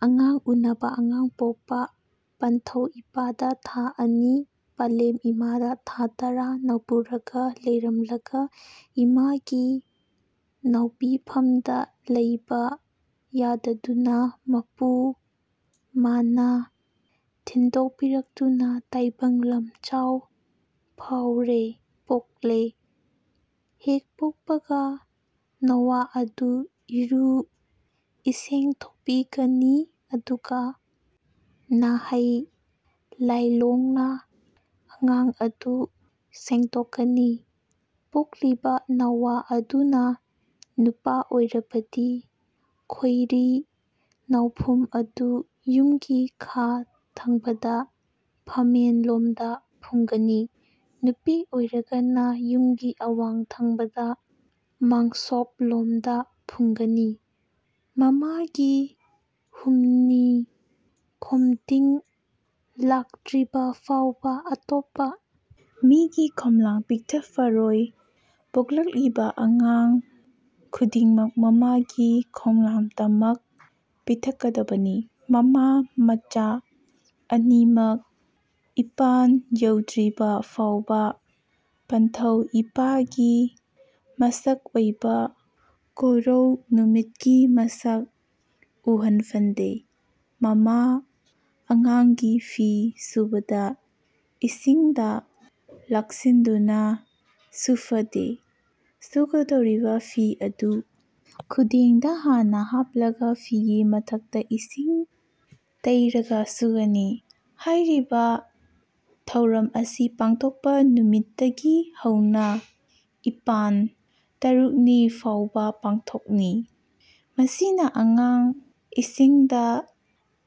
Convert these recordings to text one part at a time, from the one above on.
ꯑꯉꯥꯡ ꯎꯅꯕ ( ꯑꯉꯥꯡ ꯄꯣꯛꯄ) ꯄꯟꯊꯧ ꯏꯄꯥꯗ ꯊꯥ ꯑꯅꯤ, ꯄꯂꯦꯝ ꯏꯃꯥꯗ ꯊꯥ ꯇꯔꯥ ꯅꯧꯄꯨꯔꯒ ꯂꯩꯔꯝꯂꯒ ꯏꯃꯥꯒꯤ ꯅꯧꯄꯤꯐꯝꯗ ꯂꯩꯕ ꯌꯥꯗꯗꯨꯅ ꯃꯄꯨ ꯃꯥꯅ ꯊꯤꯟꯗꯣꯛꯄꯤꯔꯛꯇꯨꯅ ꯇꯥꯏꯕꯪ ꯂꯝꯖꯥꯎ ꯐꯥꯎꯔꯦ (ꯄꯣꯛꯂꯦ), ꯍꯦꯛ ꯄꯣꯛꯄꯒ ꯅꯣꯋꯥ ꯑꯗꯨ ꯏꯔꯨ ꯏꯁꯦꯡꯊꯣꯛꯄꯤꯒꯅꯤ ꯑꯗꯨꯒ ꯅꯥꯍꯩ ꯂꯥꯏꯂꯣꯟꯅ ꯑꯉꯥꯡ ꯑꯗꯨ ꯁꯦꯡꯗꯣꯛꯀꯅꯤ꯫ ꯄꯣꯛꯂꯤꯕ ꯅꯧꯋꯥ ꯑꯗꯨꯅ ꯅꯨꯄꯥ ꯑꯣꯏꯔꯕꯗꯤ ꯈꯣꯏꯔꯤ ꯅꯧꯐꯝ ꯑꯗꯨ ꯌꯨꯝꯒꯤ ꯈꯥ ꯊꯪꯕꯗ ꯐꯝꯃꯦꯟ ꯂꯣꯝꯗ ꯐꯨꯝꯒꯅꯤ꯫ ꯅꯨꯄꯤ ꯑꯣꯏꯔꯒꯅ ꯌꯨꯝꯒꯤ ꯑꯋꯥꯡ ꯊꯪꯕꯗ ꯃꯥꯡꯁꯣꯛ ꯂꯣꯝꯗ ꯐꯨꯝꯒꯅꯤ꯫ ꯃꯃꯥꯒꯤ ꯍꯨꯝꯅꯤ ꯈꯣꯝꯗꯤꯟ ꯂꯥꯛꯇ꯭ꯔꯤꯕ ꯐꯥꯎꯕ ꯑꯇꯣꯞꯄ ꯃꯤꯒꯤ ꯈꯣꯝꯂꯥꯡ ꯄꯤꯊꯛꯐꯔꯣꯏ꯫ ꯄꯣꯛꯂꯛꯏꯕ ꯑꯉꯥꯡ ꯈꯨꯗꯤꯡꯃꯛ ꯃꯃꯥꯒꯤ ꯈꯣꯝꯂꯥꯡꯇꯃꯛ ꯄꯤꯊꯛꯀꯗꯕꯅꯤ꯫ ꯃꯃꯥ, ꯃꯆꯥ ꯑꯅꯤꯃꯛ ꯏꯄꯥꯟ ꯌꯧꯗ꯭ꯔꯤꯕ ꯐꯥꯎꯕ ꯄꯟꯊꯧ ꯏꯄꯥꯒꯤ ꯃꯁꯛ ꯑꯣꯏꯕ ꯀꯣꯔꯧ ꯅꯨꯃꯤꯠꯀꯤ ꯃꯁꯛ ꯎꯍꯟꯐꯗꯦ꯫ ꯃꯃꯥ ꯑꯉꯥꯡꯒꯤ ꯐꯤ ꯁꯨꯕꯗ ꯏꯁꯤꯡꯗ ꯂꯥꯛꯁꯤꯟꯗꯨꯅ ꯁꯨꯐꯗꯦ꯫ ꯁꯨꯒꯗꯧꯔꯤꯕ ꯐꯤ ꯑꯗꯨ ꯈꯨꯗꯦꯡꯗ ꯍꯥꯟꯅ ꯍꯥꯞꯂꯒ ꯐꯤꯒꯤ ꯃꯊꯛꯇ ꯏꯁꯤꯡ ꯇꯩꯔꯒ ꯁꯨꯒꯅꯤ꯫ ꯍꯥꯏꯔꯤꯕ ꯊꯧꯔꯝ ꯑꯁꯤ ꯄꯣꯛꯄ ꯅꯨꯃꯤꯠꯇꯒꯤ ꯍꯧꯅ ꯏꯄꯥꯟ ꯇꯔꯨꯛꯅꯤ ꯐꯥꯎꯕ ꯄꯥꯡꯊꯣꯛꯅꯤ꯫ ꯃꯁꯤꯅ ꯑꯉꯥꯡ ꯏꯁꯤꯡꯗ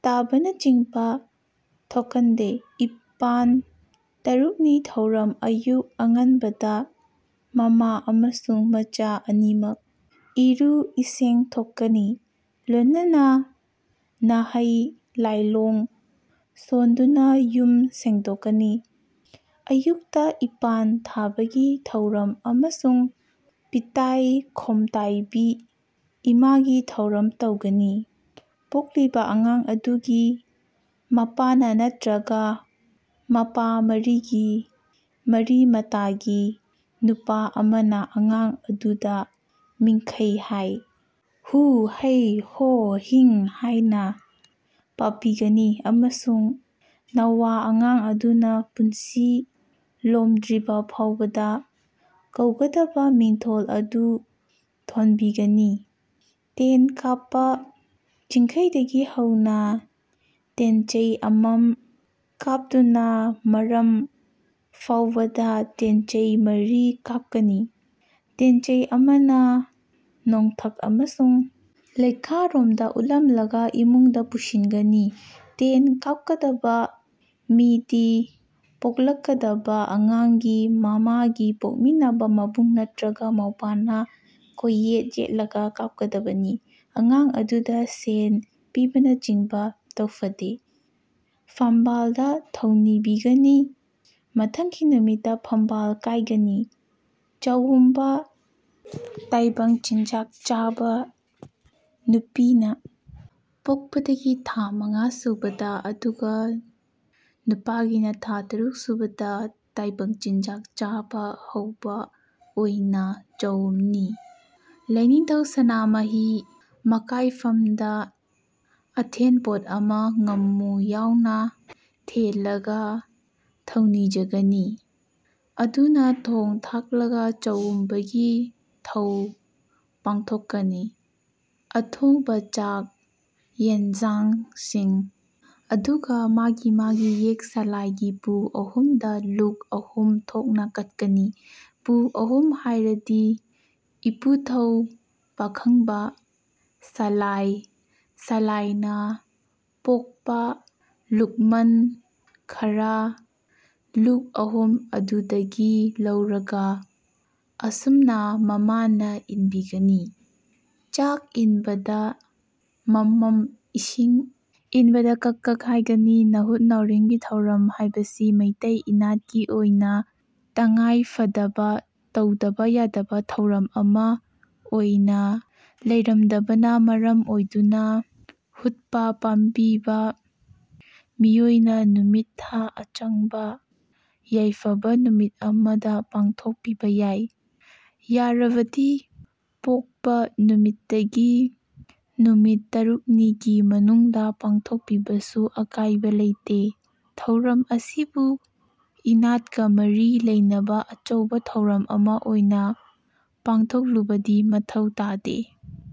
ꯇꯥꯕꯅꯆꯤꯡꯕ ꯊꯣꯛꯀꯟꯗꯦ꯫ ꯏꯄꯥꯟ ( ꯇꯔꯨꯛꯅꯤ) ꯊꯧꯔꯝ ꯑꯌꯨꯛ ꯑꯉꯟꯕꯗ ꯃꯃꯥ ꯑꯃꯁꯨꯡ ꯃꯆꯥ ꯑꯅꯤꯃꯛ ꯏꯔꯨ ꯏꯁꯦꯡꯊꯣꯛꯀꯅꯤ ꯂꯣꯏꯅꯅ ꯅꯥꯍꯩ ꯂꯥꯏꯂꯣꯟ ꯁꯣꯟꯗꯨꯅ ꯌꯨꯝ ꯁꯦꯡꯗꯣꯛꯀꯅꯤ꯫ ꯑꯌꯨꯛꯇ ꯏꯄꯥꯟ ꯊꯥꯕꯒꯤ ꯊꯧꯔꯝ ꯑꯃꯁꯨꯡ ꯄꯤꯇꯥꯏ ꯈꯣꯝꯇꯥꯏꯕꯤ ꯏꯃꯥꯒꯤ ꯊꯧꯔꯝ ꯇꯧꯒꯅꯤ ꯄꯣꯛꯂꯤꯕ ꯑꯉꯥꯡ ꯑꯗꯨꯒꯤ ꯃꯄꯥꯅ ꯅꯠꯇ꯭ꯔꯒ ꯃꯄꯥ ꯃꯔꯤꯒꯤ (ꯃꯔꯤ ꯃꯇꯥꯒꯤ) ꯅꯨꯄꯥ ꯑꯃꯅ ꯑꯉꯥꯡ ꯑꯗꯨꯗ ꯃꯤꯡꯈꯩ ꯍꯥꯏ, ꯍꯨꯡ, ꯍꯩ, ꯍꯣ, ꯍꯤꯡ ꯍꯥꯏꯅ ꯄꯥꯕꯤꯒꯅꯤ ꯑꯃꯁꯨꯡ ꯅꯧꯋꯥ ꯑꯉꯥꯡ ꯑꯗꯨꯅ ꯄꯨꯟꯁꯤ ꯂꯣꯝꯗ꯭ꯔꯤꯕ ꯐꯥꯎꯕꯗ ꯀꯧꯒꯗꯕ ꯃꯤꯡꯊꯣꯜ ꯑꯗꯨ ꯊꯣꯟꯕꯤꯒꯅꯤ꯫ ꯇꯦꯟ ꯀꯥꯞꯄ ꯆꯤꯡꯈꯩꯗꯒꯤ ꯍꯧꯅ ꯇꯦꯟꯆꯩ ꯑꯃꯝ ꯀꯥꯞꯇꯨꯅ ꯃꯔꯝ ꯐꯥꯎꯕꯗ ꯇꯦꯟꯆꯩ ꯃꯔꯤ ꯀꯥꯞꯀꯅꯤ꯫ ꯇꯦꯟꯆꯩ ꯑꯃꯅ ꯅꯣꯡꯊꯛ ꯑꯃꯁꯨꯡ ꯂꯩꯈꯥꯔꯣꯝꯗ ꯎꯠꯂꯝꯂꯒ ꯏꯃꯨꯡꯗ ꯄꯨꯁꯤꯟꯒꯅꯤ꯫ ꯇꯦꯟ ꯀꯥꯞꯀꯗꯕ ꯃꯤꯗꯤ ꯄꯣꯛꯂꯛꯀꯗꯕ ꯑꯉꯥꯡꯒꯤ ꯃꯃꯥꯒꯤ ꯄꯣꯛꯃꯤꯟꯅꯕ ꯃꯕꯨꯡ ꯅꯠꯇ꯭ꯔꯒ ꯃꯧꯄ꯭ꯋꯥꯅ ꯀꯣꯛꯌꯦꯠ ꯌꯦꯠꯂꯒ ꯀꯥꯞꯀꯗꯕꯅꯤ꯫ ꯑꯉꯥꯡ ꯑꯗꯨꯗ ꯁꯦꯟ ꯄꯤꯕꯅꯆꯤꯡꯕ ꯇꯧꯐꯗꯦ, ꯐꯝꯕꯥꯟꯗ ꯊꯧꯅꯤꯕꯤꯒꯅꯤ꯫ ꯃꯊꯪꯒꯤ ꯅꯨꯃꯤꯠꯇ ꯐꯝꯕꯥꯟ ꯀꯥꯏꯒꯅꯤ꯫ ꯆꯥꯎꯝꯕ (ꯇꯥꯏꯕꯪ ꯆꯤꯟꯖꯥꯛ ꯆꯥꯕ), ꯅꯨꯄꯤꯅ ꯄꯣꯛꯄꯗꯒꯤ ꯊꯥ ꯃꯉꯥ ꯁꯨꯕꯗ ꯑꯗꯨꯒ ꯅꯨꯄꯥꯒꯤꯅ ꯊꯥ ꯇꯔꯨꯛ ꯁꯨꯕꯗ ꯇꯥꯏꯕꯪ ꯆꯤꯟꯖꯥꯛ ꯆꯥꯕ ꯍꯧꯕ ꯑꯣꯏꯅ ꯆꯥꯎꯝꯅꯤ꯫ ꯂꯥꯏꯅꯤꯡꯊꯧ ꯁꯅꯥꯃꯍꯤ ꯃꯀꯥꯏꯐꯝꯗ ꯑꯊꯦꯟꯄꯣꯠ ꯑꯃ ꯉꯥꯃꯨ ꯌꯥꯎꯅ ꯊꯦꯜꯂꯒ ꯊꯧꯅꯤꯖꯒꯅꯤ꯫ ꯑꯗꯨꯅ ꯊꯣꯡ ꯊꯥꯛꯂꯒ ꯆꯥꯎꯝꯕꯒꯤ ꯊꯧ ꯄꯥꯡꯊꯣꯛꯀꯅꯤ꯫ ꯑꯊꯣꯡꯕ ꯆꯥꯛ ꯌꯦꯟꯁꯥꯡ ꯑꯗꯨꯒ ꯃꯥꯒꯤ ꯃꯥꯒꯤ ꯌꯦꯛ ꯁꯥꯂꯥꯏꯒꯤ ꯄꯨ ꯑꯍꯨꯝꯗ ꯂꯨꯛ ꯑꯍꯨꯝ ꯊꯣꯛꯅ ꯀꯠꯀꯅꯤ꯫ (ꯄꯨ ꯑꯍꯨꯝ ꯍꯥꯏꯔꯗꯤ ꯏꯄꯨꯊꯧ ꯄꯥꯈꯪꯕ, ꯁꯂꯥꯏ, ꯁꯂꯥꯏꯅꯥ ꯄꯣꯛꯄꯥ ꯂꯨꯛꯃꯟ ꯈꯔꯥ) ꯂꯨꯛ ꯑꯍꯨꯝ ꯑꯗꯨꯗꯒꯤ ꯂꯧꯔꯒ ꯑꯁꯨꯝꯅ ꯃꯃꯥꯅ ꯏꯟꯕꯤꯒꯅꯤ꯫ ꯆꯥꯛ ꯏꯟꯕꯗ ꯃꯝ ꯃꯝ, ꯏꯁꯤꯡ ꯏꯟꯕꯗ ꯀꯛ ꯀꯛ ꯍꯥꯏꯒꯅꯤ꯫ ꯅꯥꯍꯨꯠ ꯅꯥꯔꯦꯡꯒꯤ ꯊꯧꯔꯝ ꯍꯥꯏꯕꯁꯤ ꯃꯩꯇꯩ ꯏꯅꯥꯠꯀꯤ ꯑꯣꯏꯅ ꯇꯉꯥꯏ ꯐꯗꯕ ꯇꯧꯗꯕ ꯌꯥꯗꯕ ꯊꯧꯔꯝ ꯑꯃ ꯑꯣꯏꯅ ꯂꯩꯔꯝꯗꯕꯅ ꯃꯔꯝ ꯑꯣꯏꯗꯨꯅ ꯍꯨꯠꯄ ꯄꯥꯝꯕꯤꯕ ꯃꯤꯑꯣꯏꯅ ꯅꯨꯃꯤꯠ ꯊꯥ ꯑꯆꯪꯕ ꯌꯥꯏꯐꯕ ꯅꯨꯃꯤꯠ ꯑꯃꯗ ꯄꯥꯥꯡꯊꯣꯛꯄꯤꯕ ꯌꯥꯏ꯫ ꯌꯥꯔꯕꯗꯤ ꯄꯣꯛꯄ ꯅꯨꯃꯤꯠꯇꯒꯤ ꯅꯨꯃꯤꯠ ꯇꯔꯨꯛꯅꯤꯒꯤ ꯃꯅꯨꯡꯗ ꯄꯥꯡꯊꯣꯛꯄꯤꯕꯁꯨ ꯑꯀꯥꯏꯕ ꯂꯩꯇꯦ ꯊꯧꯔꯝ ꯑꯁꯤꯕꯨ ꯏꯅꯥꯠꯀ ꯃꯔꯤ ꯂꯩꯅꯕ ꯑꯆꯧꯕ ꯊꯧꯔꯝ ꯑꯃ ꯑꯣꯏꯅ ꯄꯥꯡꯊꯣꯛꯂꯨꯕꯗꯤ ꯃꯊꯧ ꯇꯥꯗꯦ